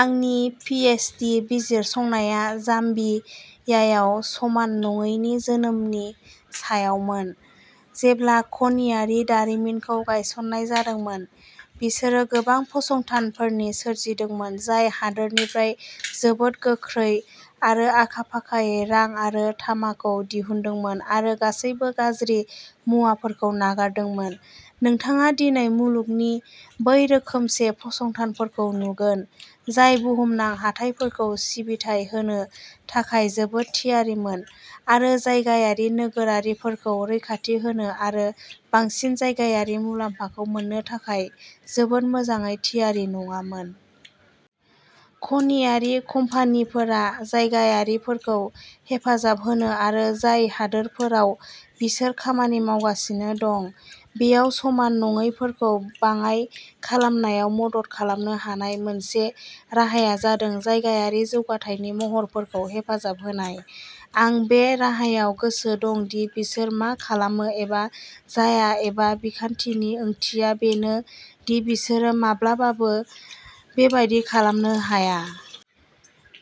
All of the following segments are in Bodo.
आंनि पिएचडि बिजिरसंनाया जाम्बियायाव समान नङैनि जोनोमनि सायावमोन। जेब्ला खनियारि दारिमिनखौ गायसन्नाय जादोंमोन, बिसोरो गोबां फसंथानफोर सोरजिदोंमोन जाय हादोरनिफ्राय जोबोद गोख्रै आरो आखा-फाखायै रां आरो तामाखौ दिहुनदोंमोन आरो गासैबो गाज्रि मुवाफोरखौ नागारदोंमोन। नोंथाङा दिनै मुलुगनि बै रोखोमसे फसंथानफोरखौ नुगोन, जाय बुहुमनां हाथाइफोरखौ सिबिथाइ होनो थाखाय जोबोद थियारिमोन आरो जायगायारि नोगोरारिफोरखौ रैखाथि होनो आरो बांसिन जायगायारि मुलाम्फाखौ मोननो थाखाय जोबोद मोजाङै थियारि नङामोन। खनियारि कम्पानिफोरा जायगायारिफोरखौ हेफाजाब होनो आरो जाय हादोरफोराव बिसोर खामानि मावगासिनो दं, बेयाव समान नङैफोरखौ बाङाइ खालामनायाव मदद खालामनो हानाय मोनसे राहाया जादों जायगायारि जौगाथायनि महरफोरखौ हेफाजाब होनाय। आं बे राहायाव गोसो दं दि बिसोर मा खालामो एबा जाया एबा बिखान्थिनि ओंथिया बेनो दि बिसोरो माब्लाबाबो बेबादि खालामनो हाया।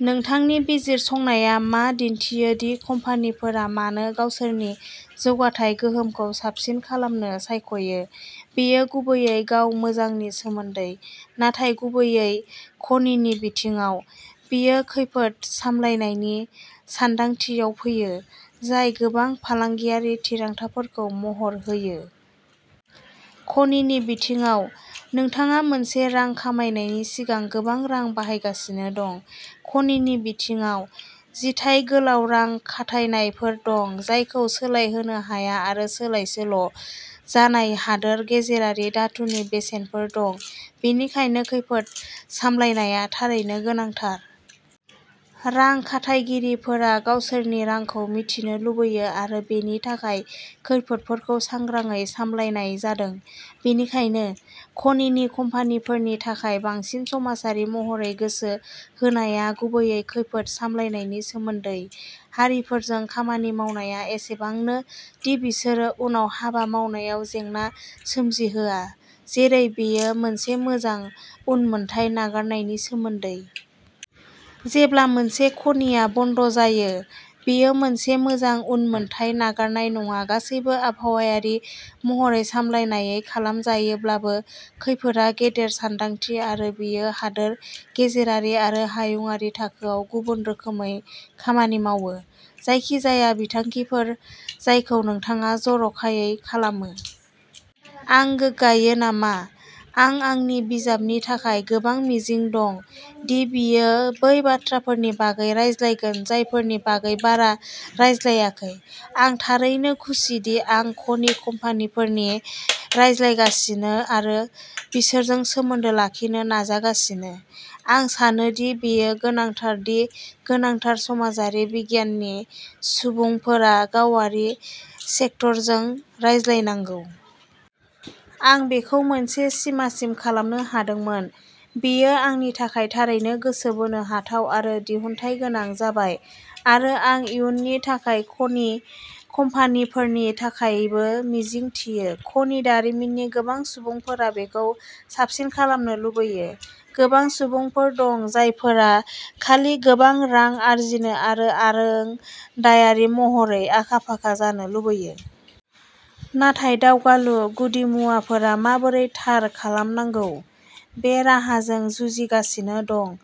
नोंथांनि बिजिरसंनाया मा दिन्थियो दि कम्पानिफोरा मानो गावसोरनि जौगाथाय गोहोमखौ साबसिन खालामनो सायख'यो? बेयो गुबैयै गाव मोजांनि सोमोन्दै। नाथाय गुबैयै खनिनि बिथिङाव, बेयो खैफोद सामलायनायनि सानदांथियाव फैयो, जाय गोबां फालांगियारि थिरांथाफोरखौ महर होयो। खनिनि बिथिङाव, नोंथाङा मोनसे रां खामायनायनि सिगां गोबां रां बाहायगासिनो दं। खनिनि बिथिङाव जिथाय गोलाव रां खाथायनायफोर दं, जायखौ सोलायहोनो हाया आरो सोलायसोल' जानाय हादोर गेजेरारि धातुनि बेसेनफोर दं, बेनिखायनो खैफोद सामलायनाया थारैनो गोनांथार। रां खाथायगिरिफोरा गावसोरनि रांखौ मिथिनो लुबैयो आरो बेनि थाखाय खैफोदफोरखौ सांग्राङै सामलायनाय जादों। बेनिखायनो, खनिनि कम्पानिफोरनि थाखाय बांसिन समाजारि महरै गोसो होनाया गुबैयै खैफोद सामलायनायनि सोमोन्दै। हारिफोरजों खामानि मावनाया एसेबांनो दि बिसोरो उनाव हाबा मावनायाव जेंना सोमजिहोआ, जेरै बेयो मोनसे मोजां उनमोनथाइ नागारनायनि सोमोन्दै। जेब्ला मोनसे खनिआ बन्द जायो, बेयो मोनसे मोजां उनमोनथाइ नागारनाय नङा गासैबो आबहावायारि महरै समलायनायै खालामजायोब्लाबो खैफोदआ गेदेर सानदांथि आरो बेयो हादोर गेजेरारि आरो हायुंआरि थाखोआव गुबुन रोखोमै खामानि मावो। जायखिजाया बिथांखिफोर जायखौ नोंथाङा जर'खायै खालामो। आं गोग्गायो नामा? आं आंनि बिजाबनि थाखाय गोबां मिजिं दं, दि बेयो बै बाथ्राफोरनि बागै रायज्लायगोन जायफोरनि बागै बारा रायज्लायाखै। आं थारैनो खुसिदि आं खनि कम्पानिफोरजों रायज्लायगासिनो आरो बिसोरजों सोमोन्दो लाखिनो नाजागासिनो। आं सानो दि बेयो गोनांथार दि गोनांथार समाजारि बिगियाननि सुबुंफोरा गावारि सेक्टरजों रायज्लायनांगौ। आं बेखौ मोनसे सिमासिम खालामनो हादोंमोन। बेयो आंनि थाखाय थारैनो गोसो बोनो हाथाव आरो दिहुनथायगोनां जाबाय आरो आं इयुननि थाखाय खनि कम्पानिफोरनि थाखायबो मिजिंथियो। खनि दारिमिननि गोबां सुबुंफोरा बेखौ साबसिन खालामनो लुबैयो। गोबां सुबुंफोर दं जायफोरा खालि गोबां रां आर्जिनो आरो आरोंदायारि महरै आखा-फाखा जानो लुबैयो। नाथाय दावगालु गुदिमुवाफोरा माबोरै थार खालामनांगौ, बे राहाजों जुजिगासिनो दं,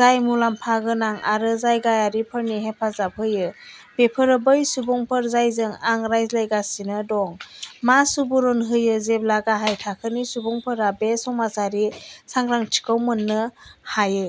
जाय मुलाम्फा गोनां आरो जायगायारिफोरनि हेफाजाब होयो। बेफोरो बै सुबुंफोर जायजों आं रायज्लायगासिनो दं। मा सुबुरुन होयो जेब्ला गाहाय थाखोनि सुबुंफोरा बे समाजारि सांग्रांथिखौ मोननो हायो।